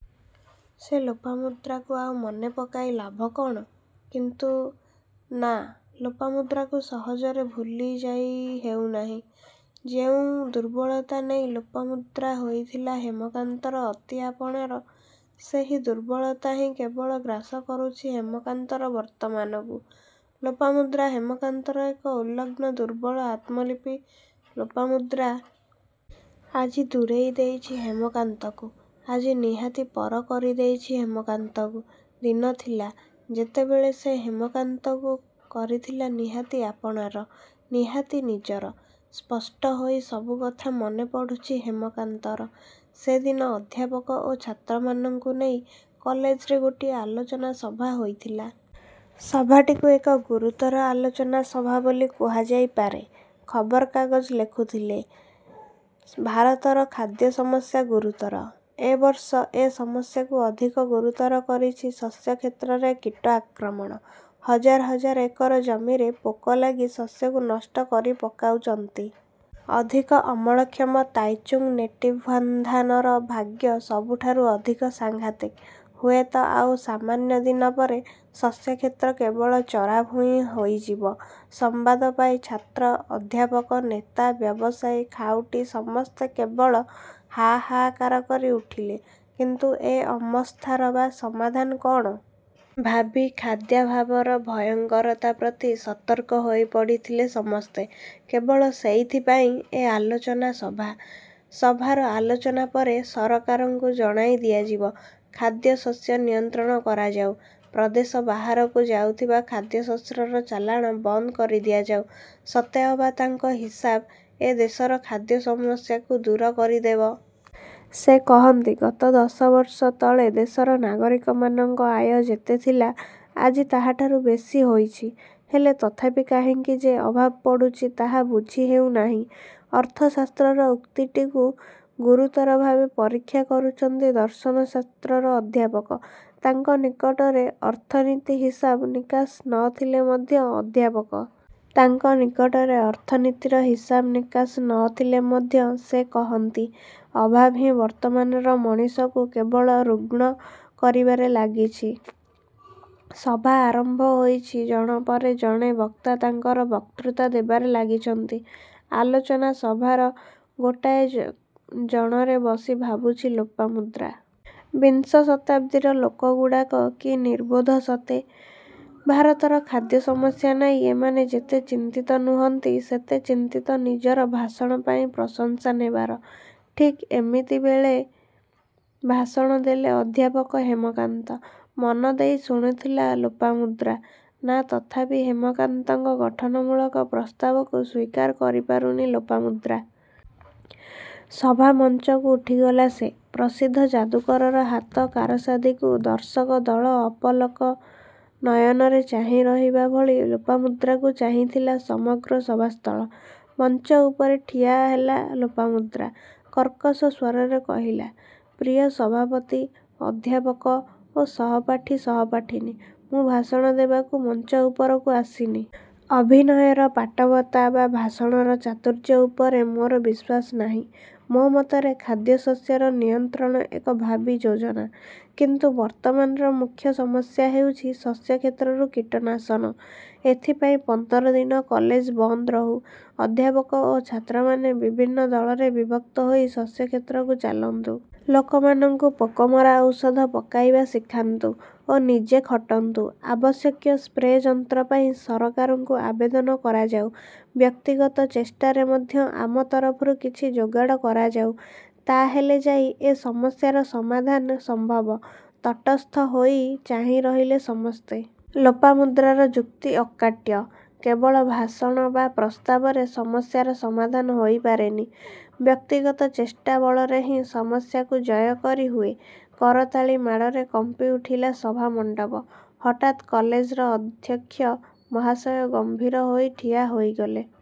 ସେ ଲୋପାମୁଦ୍ରାକୁ ଆଉ ମନେ ପକାଇ ଲାଭ କ'ଣ? କିନ୍ତୁ। ନାଁ ଲୋପାମୁଦ୍ରାକୁ ସହଜରେ ଭୁଲିଯାଇ ହେଉନାହିଁ। ଯେଉଁ ଦୁର୍ବଳତା ନେଇ ଲୋପାମୁଦ୍ରା ହୋଇଥିଲା ହେମକାନ୍ତର ଅତି ଆପଣାର-ସେହି ଦୁର୍ବଳତା ହିଁ କେବଳ ଗ୍ରାସ କରୁଛି ହେମକାନ୍ତର ବର୍ତ୍ତମାନକୁ। ଲୋପାମୁଦ୍ରା ହେମକାନ୍ତର ଏକ ଉଲଗ୍ନ ଦୁର୍ବଳ ଆତ୍ମଲିପି ଲୋପାମୁଦ୍ରା। ଆଜି ଦୂରେଇ ଦେଇଛି ହେମକାନ୍ତକୁ। ଆଜି ନିହାତି ପର କରି ଦେଇଛି ହେମକାନ୍ତକୁ। ଦିନ ଥିଲା-ଯେତେବେଳେ ସେ ହେମକାନ୍ତକୁ କରିଥିଲା ନିହାତି ଆପଣାର ନିହାତି ନିଜର। ସ୍ପଷ୍ଟ ହୋଇ ସବୁକଥା ମନେପଡ଼ୁଛି ହେମକାନ୍ତର। ସେଦିନ ଅଧ୍ୟାପକ ଓ ଛାତ୍ରମାନଙ୍କୁ ନେଇ କଲେଜରେ ଗୋଟିଏ ଆଲୋଚନା ସଭା ହୋଇଥିଲା। ସଭାଟିକୁ ଏକ ଗୁରୁତର ଆଲୋଚନା ସଭା ବୋଲି କୁହାଯାଇପାରେ। ଖବର କାଗଜ ଲେଖୁଥିଲେ-ଭାରତର ଖାଦ୍ୟ ସମସ୍ୟା ଗୁରୁତର। ଏ ବର୍ଷ ଏ ସମସ୍ୟାକୁ ଅଧିକ ଗୁରୁତର କରିଛି ଶସ୍ୟ କ୍ଷେତ୍ରରେ କୀଟ ଆକ୍ରମଣ। ହଜାର ହଜାର ଏକର ଜମିରେ ପୋକ ଲାଗି ଶସ୍ୟକୁ ନଷ୍ଟ କରି ପକାଉଛନ୍ତି। ଅଧିକ ଅମଳକ୍ଷମ ତାଇଚୁଙ୍ଗ୍ ନେଟିଭ୍ୱାନ୍ଧାନର ଭାଗ୍ୟ ସବୁଠାରୁ ଅଧିକ ସାଂଘାତିକ୍। ହୁଏତ ଆଉ ସାମାନ୍ୟ ଦିନ ପରେ ଶସ୍ୟକ୍ଷେତ୍ର କେବଳ ଚରାଭୂଇଁ ହୋଇଯିବ। ସମ୍ବାଦ ପାଇ ଛାତ୍ର, ଅଧ୍ୟାପକ, ନେତା, ବ୍ୟବସାୟୀ, ଖାଉଟୀ, ସମସ୍ତେ କେବଳ ହା-ହା-କାର କରି ଉଠିଲେ। କିନ୍ତୁ ଏ ଅମସ୍ଥାର ବା ସମାଧାନ କ'ଣ? ଭାବୀ ଖାଦ୍ୟାଭାବର ଭୟଙ୍କରତା ପ୍ରତି ସତର୍କ ହୋଇ ପଡ଼ିଥିଲେ ସମସ୍ତେ। କେବଳ ସେଇଥିପାଇଁ ଏ ଆଲେଚନା ସଭା-। ସଭାର ଆଲୋଚନା ପରେ ସରକାରଙ୍କୁ ଜଣାଇ ଦିଆଯିବ-ଖାଦ୍ୟଶସ୍ୟ ନିୟନ୍ତ୍ରଣ କରାଯାଉ। ପ୍ରଦେଶ ବାହାରକୁ ଯାଉଥିବା ଖାଦ୍ୟଶସ୍ୟର ଚାଲାଣ ବନ୍ଦ କରି ଦିଆଯାଉ। ସତେ ଅବା ତାଙ୍କ ହିସାବ ଏ ଦେଶର ଖାଦ୍ୟ ସମସ୍ୟାକୁ ଦୂର କରି ଦେବ। ସେ କହନ୍ତି ଗତ ଦଶ ବର୍ଷ ତଳେ ଦେଶର ନାଗରିକମାନଙ୍କ ଆୟ ଯେତେ ଥିଲା, ଆଜି ତାହାଠାରୁ ବେଶୀ ହୋଇଛି। ହେଲେ ତଥାପି କାହିଁକି ଯେ ଅଭାବ ପଡ଼ୁଛି-ତାହା ବୁଝି ହେଉନାହିଁ। ଅର୍ଥଶାସ୍ତ୍ରର ଉକ୍ତିଟିକୁ ଗୁରୁତର ଭାବେ ପରୀକ୍ଷା କରୁଛନ୍ତି ଦର୍ଶନ ଶାସ୍ତ୍ରର ଅଧ୍ୟାପକ। ତାଙ୍କ ନିକଟରେ ଅର୍ଥନୀତିୀ ହିସାବ ନିକାସ ନ ଥିଲେ ମଧ୍ୟ ଅଧ୍ୟାପକ। ତାଙ୍କ ନିକଟରେ ଅର୍ଥନୀତିର ହିସାବ ନିକାସ ନ ଥିଲେ ମଧ୍ୟ ସେ କହନ୍ତି ଅଭାବ ହିଁ ବର୍ତ୍ତମାନର ମଣିଷକୁ କେବଳ ରୁଗ୍ଣ କରିବାରେ ଲାଗିଛି। ସଭା ଆରମ୍ଭ ହୋଇଛି ଜଣ ପରେ ଜଣେ ବକ୍ତା ତାଙ୍କର ବକ୍ତୃତା ଦେବାରେ ଲାଗଛନ୍ତି ଆଲୋଚନା ସଭାର ଗୋଟାଏ ଜଣରେ ବସି ଭାବୁଛି ଲୋପାମୁଦ୍ରା। ''ବିଂଶ ଶତାବ୍ଦୀର ଲୋକଗୁଡ଼ାକ କି ନିର୍ବୋଧ ସତେ! ଭାରତର ଖାଦ୍ୟ ସମସ୍ୟା ନେଇ ଏମାନେ ଯେତେ ଚିନ୍ତିତ ନୁହଁନ୍ତି ସେତେ ଚିନ୍ତିତ ନିଜର ଭାଷଣ ପାଇଁ ପ୍ରଶଂସା ନେବାର। '' ଠିକ୍ ଏମିତିବେଳେ ଭାଷଣ ଦେଲେ ଅଧ୍ୟାପକ ହେମକାନ୍ତ। ମନ ଦେଇ ଶୁଣୁଥିଲା ଲୋପାମୁଦ୍ରା। ନାଁ ତଥାପି ହେମକାନ୍ତଙ୍କ ଗଠନମୂଳକ ପ୍ରସ୍ତାବକୁ ସ୍ୱୀକାର କରିପାରୁନି ଲୋପାମୁଦ୍ରା। ସଭାମଞ୍ଚକୁ ଉଠିଗଲା ସେ। ପ୍ରସିଦ୍ଧ ଯାଦୁକରର ହାତ କାରସାଦିକୁ ଦର୍ଶକ ଦଳ ଅପଲକ ନୟନରେ ଚାହିଁ ରହିବା ଭଳି ଲୋପାମୁଦ୍ରାକୁ ଚାହିଁଥିଲା ସମଗ୍ର ସଭାସ୍ଥଳ। ମଞ୍ଚଉପରେ ଠିଆ ହେଲା ଲୋପାମୁଦ୍ରା। କର୍କଶ ସ୍ୱରରେ କହିଲା-''ପ୍ରିୟ ସଭାପତି, ଅଧ୍ୟାପକ ଓ ସହପାଠୀ, ସହପାଠିନୀ। ମୁଁ ଭାଷଣ ଦେବାକୁ ମଞ୍ଚ ଉପରକୁ ଆସିନି। ଅଭିନୟର ପାଟବତା ବା ଭାଷଣର ଚାତୁର୍ଯ୍ୟ ଉପରେ ମୋର ବିଶ୍ୱାସ ନାହିଁ। ମୋ ମତରେ ଖାଦ୍ୟଶସ୍ୟର ନିୟନ୍ତ୍ରଣ ଏକ ଭାବୀ ଯୋଜନା। କିନ୍ତୁ ବର୍ତ୍ତମାନର ମୁଖ୍ୟ ସମସ୍ୟା ହେଉଛି ଶସ୍ୟକ୍ଷେତ୍ରରୁ କୀଟନାଶନ। ଏଥିପାଇଁ ପନ୍ଦର ଦିନ କଲେଜ ବନ୍ଦ ରହୁ। ଅଧ୍ୟାପକ ଓ ଛାତ୍ରମାନେ ବିଭିନ୍ନ ଦଳରେ ବିଭକ୍ତ ହୋଇ ଶସ୍ୟକ୍ଷେତ୍ରକୁ ଚାଲନ୍ତୁ। ଲୋକମାନଙ୍କୁ ପୋକମରା ଔଷଧ ପକାଇବା ଶିଖାନ୍ତୁ ଓ ନିଜେ ଖଟନ୍ତୁ। ଆବଶ୍ୟକୀୟ ସ୍ପ୍ରେ ଯନ୍ତ୍ରପାଇଁ ସରକାରଙ୍କୁ ଆବେଦନ କରାଯାଉ। ବ୍ୟକ୍ତିଗତ ଚେଷ୍ଟାରେ ମଧ୍ୟ ଆମ ତରଫରୁ କିଛି ଯୋଗାଡ଼ କରାଯାଉ। ତା' ହେଲେ ଯାଇ ଏ ସମସ୍ୟାର ସମାଧାନ ସମ୍ଭବ। '' ତଟସ୍ଥ ହୋଇ ଚାହିଁ ରହିଲେ ସମସ୍ତେ। ଲୋପାମୁଦ୍ରାର ଯୁକ୍ତି ଅକାଟ୍ୟ। କେବଳ ଭାଷଣ ବା ପ୍ରସ୍ତାବରେ ସମସ୍ୟାର ସମାଧାନ ହୋଇପାରେନି। ବ୍ୟକ୍ତିଗତ ଚେଷ୍ଟା ବଳରେ ହିଁ ସମସ୍ୟାକୁ ଜୟ କରି ହୁଏ। କରତାଳି ମାଡ଼ରେ କମ୍ପିଉଠିଲା ସଭା ମଣ୍ଡପ। ହଠାତ୍ କଲେଜର ଅଧ୍ୟକ୍ଷ ମହାଶୟ ଗମ୍ଭୀର ହୋଇ ଠିଆ ହୋଇଗଲେ।